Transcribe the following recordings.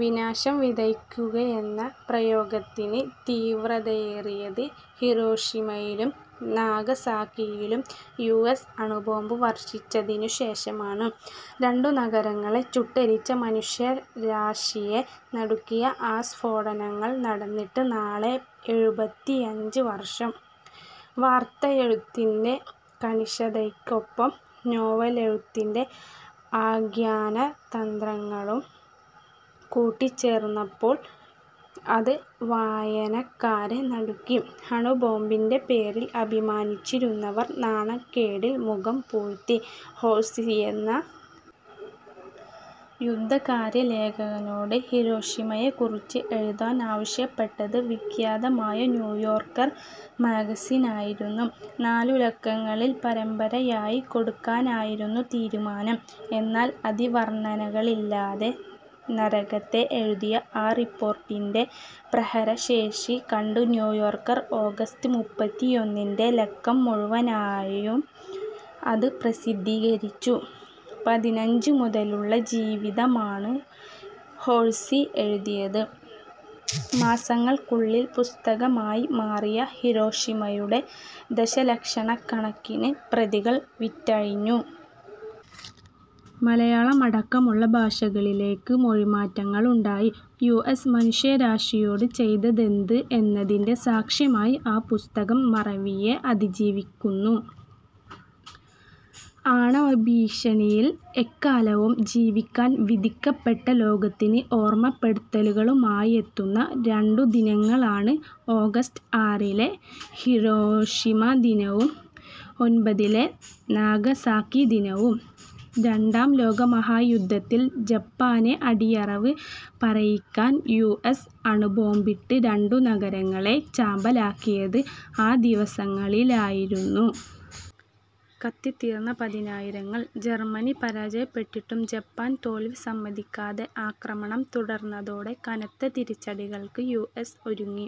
വിനാശം വിതയ്ക്കുകയെന്ന പ്രയോഗത്തിന് തീവ്രതയേറിയത് ഹിരോഷിമയിലും നാഗസാക്കിയിലും US അണുബോംബ് വർഷിച്ചതിനു ശേഷമാണ്. രണ്ടു നഗരങ്ങളെ ചുട്ടെരിച്ച, മനുഷ്യരാശിയെ നടുക്കിയ ആ സ്ഫോടനങ്ങൾ നടന്നിട്ട് നാളെ എഴുപത്തിയഞ്ച് വർഷം. വാർത്തയെഴുത്തിൻ്റെ കണിശതയ്ക്കൊപ്പം നോവലെഴുത്തിൻ്റെ ആഖ്യാനതന്ത്രങ്ങളും കൂടിച്ചേർന്നപ്പോൾ അത് വായനക്കാരെ നടുക്കി. അണുബോംബിൻ്റെ പേരിൽ അഭിമാനിച്ചിരുന്നവർ നാണക്കേടിൽ മുഖം പൂഴ്ത്തി. ഹേഴ്സിയെന്ന യുദ്ധകാര്യലേഖകനോട് ഹിരോഷിമയെക്കുറിച്ച് എഴുതാൻ ആവശ്യപ്പെട്ടത് വിഖ്യാതമായ ന്യൂയോർക്കർ മാഗസിനായിരുന്നു. നാലുലക്കങ്ങളിൽ പരമ്പരയായി കൊടുക്കാനായിരുന്നു തീരുമാനം. എന്നാൽ അതിവർണനകളില്ലാതെ നരകത്തെ എഴുതിയ ആ റിപ്പോർട്ടിൻ്റെ പ്രഹരശേഷി കണ്ട് ന്യൂയോർക്കർ ഓഗസ്റ്റ് മുപ്പത്തിയൊന്നിൻ്റെ ലക്കം മുഴുവനായും അത് പ്രസിദ്ധീകരിച്ചു. പതിനഞ്ച് മുതലുള്ള ജീവിതമാണ് ഹേഴ്സി എഴുതിയത്. മാസങ്ങൾക്കുള്ളിൽ പുസ്തകമായി മാറിയ ഹിരോഷിമയുടെ ദശലക്ഷക്കണക്കിന് പ്രതികൾ വിറ്റഴിഞ്ഞു. മലയാളമടക്കമുള്ള ഭാഷകളിലേക്ക് മൊഴിമാറ്റങ്ങളുണ്ടായി. യുഎസ് മനുഷ്യരാശിയോട് ചെയ്തതെന്ത് എന്നതിൻ്റെ സാക്ഷ്യമായി ആ പുസ്തകം മറവിയെ അതിജീവിക്കുന്നു. ആണവഭീഷണിയിൽ എക്കാലവും ജീവിക്കാൻ വിധിക്കപ്പെട്ട ലോകത്തിന് ഓർമപ്പെടുത്തലുകളുമായെത്തുന്ന രണ്ടു ദിനങ്ങളാണ് ഓഗസ്റ്റ് ആറിലെ ഹിരോഷിമ ദിനവും ഒൻപതിലെ നാഗസാക്കി ദിനവും. രണ്ടാം ലോക മഹായുദ്ധത്തിൽ ജപ്പാനെ അടിയറവ് പറയിക്കാൻ യുഎസ് അണുബോംബിട്ട് രണ്ടു നഗരങ്ങളെ ചാമ്പലാക്കിയത് ആ ദിവസങ്ങളിലായിരുന്നു. കത്തിത്തീർന്ന പതിനായിരങ്ങൾ. ജർമനി പരാജയപ്പെട്ടിട്ടും ജപ്പാൻ തോൽവി സമ്മതിക്കാതെ ആക്രമണം തുടർന്നതോടെ കനത്ത തിരിച്ചടികൾക്ക് യുഎസ് ഒരുങ്ങി.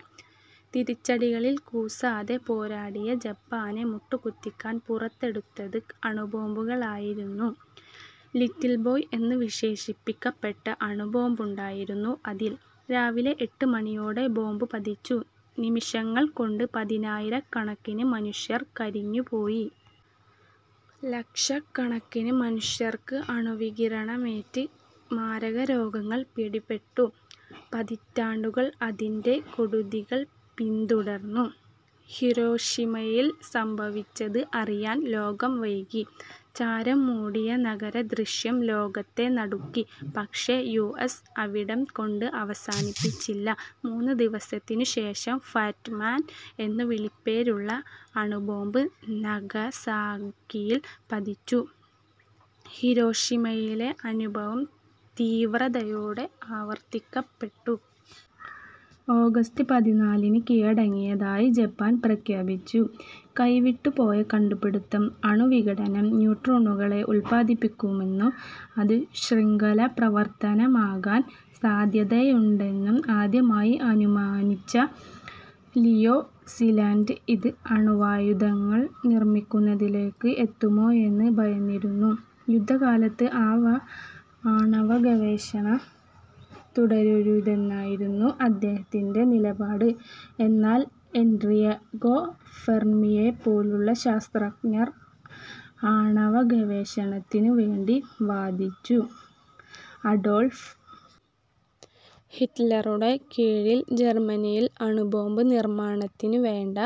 തിരിച്ചടികളിൽ കൂസാതെ പോരാടിയ ജപ്പാനെ മുട്ടുകുത്തിക്കാൻ പുറത്തെടുത്തത് അണുബോംബുകളായിരുന്നു. ലിറ്റിൽ ബോയ് എന്നു വിശേഷിപ്പിക്കപ്പെട്ട അണുബോംബുണ്ടായിരുന്നു അതിൽ. രാവിലെ എട്ട് മണിയോടെ ബോംബ് പതിച്ചു. നിമിഷങ്ങൾ കൊണ്ട് പതിനായിരക്കണക്കിന് മനുഷ്യർ കരിഞ്ഞുപോയി. ലക്ഷക്കണക്കിന് മനുഷ്യർക്ക് അണുവികിരണമേറ്റ് മാരകരോഗങ്ങൾ പിടിപെട്ടു. പതിറ്റാണ്ടുകൾ അതിൻ്റെ കെടുതികൾ പിന്തുടർന്നു. ഹിരോഷിമയിൽ സംഭവിച്ചത് അറിയാൻ ലോകം വൈകി. ചാരം മൂടിയ നഗരദൃശ്യം ലോകത്തെ നടുക്കി. പക്ഷേ, യുഎസ് അവിടം കൊണ്ട് അവസാനിപ്പിച്ചില്ല. മൂന്നു ദിവസത്തിനു ശേഷം ഫാറ്റ്മാൻ എന്നു വിളിപ്പേരുള്ള അണുബോംബ് നാഗസാക്കിയിൽ പതിച്ചു. ഹിരോഷിമയിലെ അനുഭവം തീവ്രതയോടെ ആവർത്തിക്കപ്പെട്ടു. ഓഗസ്റ്റ് പതിനാലിന് കീഴടങ്ങിയതായി ജപ്പാൻ പ്രഖ്യാപിച്ചു. കൈവിട്ടുപോയ കണ്ടുപിടിത്തം അണുവിഘടനം ന്യൂട്രോണുകളെ ഉൽപാദിപ്പിക്കുമെന്നും അത് ശൃംഖലാ പ്രവർത്തനമാകാൻ സാധ്യതയുണ്ടെന്നും ആദ്യമായി അനുമാനിച്ച ലിയോ സിലാർഡ് ഇത് അണുവായുധങ്ങൾ നിർമിക്കുന്നതിലേക്ക് എത്തുമോയെന്ന് ഭയന്നിരുന്നു. യുദ്ധകാലത്ത് ആണവഗവേഷണം തുടരരുതെന്നായിരുന്നു അദ്ദേഹത്തിൻ്റെ നിലപാട്. എന്നാൽ എൻറികോ ഫെർമിയെപ്പോലുള്ള ശാസ്ത്രജ്ഞർ ആണവഗവേഷണത്തിനു വേണ്ടി വാദിച്ചു. അഡോൾഫ് ഹിറ്റ്ലറുടെ കീഴിൽ ജർമനിയിൽ അണുബോംബ് നിർമാണത്തിനു വേണ്ട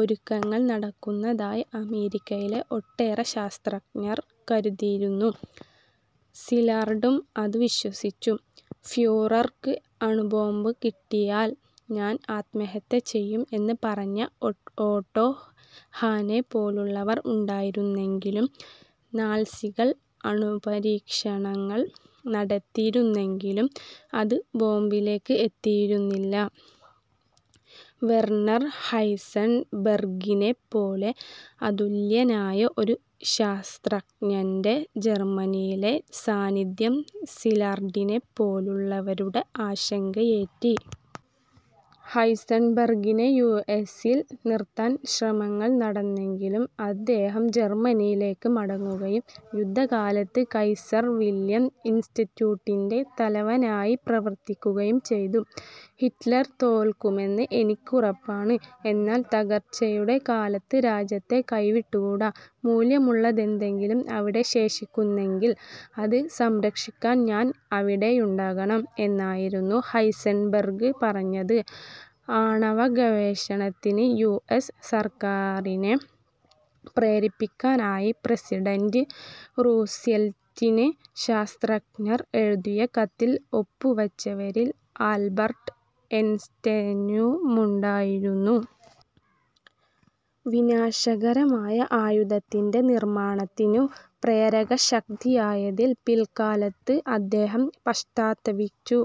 ഒരുക്കങ്ങൾ നടക്കുന്നതായി അമേരിക്കയിലെ ഒട്ടേറെ ശാസ്ത്രജ്ഞർ കരുതിയിരുന്നു. സിലാർഡും അത് വിശ്വസിച്ചു. ഫ്യൂറർക്ക് അണുബോംബ് കിട്ടിയാൽ ഞാൻ ആത്മഹത്യ ചെയ്യും എന്ന് പറഞ്ഞ ഓട്ടോ ഹാനെപ്പോലുള്ളവർ ഉണ്ടായിരുന്നെങ്കിലും നാത്സികൾ അണുപരീക്ഷണങ്ങൾ നടത്തിയിരുന്നെങ്കിലും അത് ബോംബിലേക്ക് എത്തിയിരുന്നില്ല. വെർണർ ഹൈസൻബെർഗിനെപ്പോലെ അതുല്യനായ ഒരു ശാസ്ത്രജ്ഞൻ്റെ ജർമനിയിലെ സാന്നിധ്യം സിലാർഡിനെപ്പോലുള്ളവരുടെ ആശങ്കയേറ്റി. ഹൈസൻബെർഗിനെ യുഎസിൽ നിർത്താൻ ശ്രമങ്ങൾ നടന്നെങ്കിലും അദ്ദേഹം ജർമനിയിലേക്ക് മടങ്ങുകയും യുദ്ധകാലത്ത് കൈസർ വില്യം ഇൻസ്റ്റിറ്റ്യൂട്ടിൻ്റെ തലവനായി പ്രവർത്തിക്കുകയും ചെയ്തു. ഹിറ്റ്ലർ തോൽക്കുമെന്ന് എനിക്കുറപ്പാണ്. എന്നാൽ തകർച്ചയുടെ കാലത്ത് രാജ്യത്തെ കൈവിട്ടുകൂടാ. മൂല്യമുള്ളതെന്തെങ്കിലും അവിടെ ശേഷിക്കുന്നെങ്കിൽ അത് സംരക്ഷിക്കാൻ ഞാൻ അവിടെയുണ്ടാകണം എന്നായിരുന്നു ഹൈസൻബെർഗ് പറഞ്ഞത്. ആണവഗവേഷണത്തിന് യുഎസ് സർക്കാരിനെ പ്രേരിപ്പിക്കാനായി പ്രസിഡന്റ് റൂസ്വെൽറ്റിന് ശാസ്ത്രജ്ഞർ എഴുതിയ കത്തിൽ ഒപ്പുവച്ചവരിൽ ആൽബർട്ട് ഐൻസ്റ്റൈനുമുണ്ടായിരുന്നു. വിനാശകരമായ ആയുധത്തിൻ്റെ നിർമാണത്തിനു പ്രേരകശക്തിയായതിൽ പിൽക്കാലത്ത് അദ്ദേഹം പശ്ചാത്തപിച്ചു.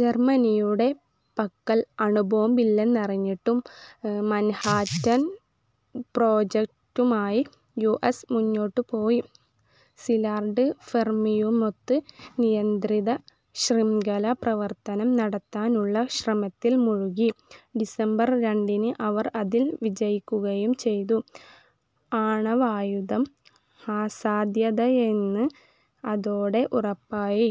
ജർമനിയുടെ പക്കൽ അണുബോംബില്ലെന്നറിഞ്ഞിട്ടും മൻഹാറ്റൻ പ്രോജക്ടുമായി യുഎസ് മുന്നോട്ടുപോയി. സിലാർഡ്, ഫെർമിയുമൊത്ത് നിയന്ത്രിത ശൃംഖലാ പ്രവർത്തനം നടത്താനുള്ള ശ്രമത്തിൽ മുഴുകി. ഡിസംബർ രണ്ടിന് അവർ അതിൽ വിജയിക്കുകയും ചെയ്തു. ആണവായുധം അസാധ്യതയല്ലെന്ന് അതോടെ ഉറപ്പായി.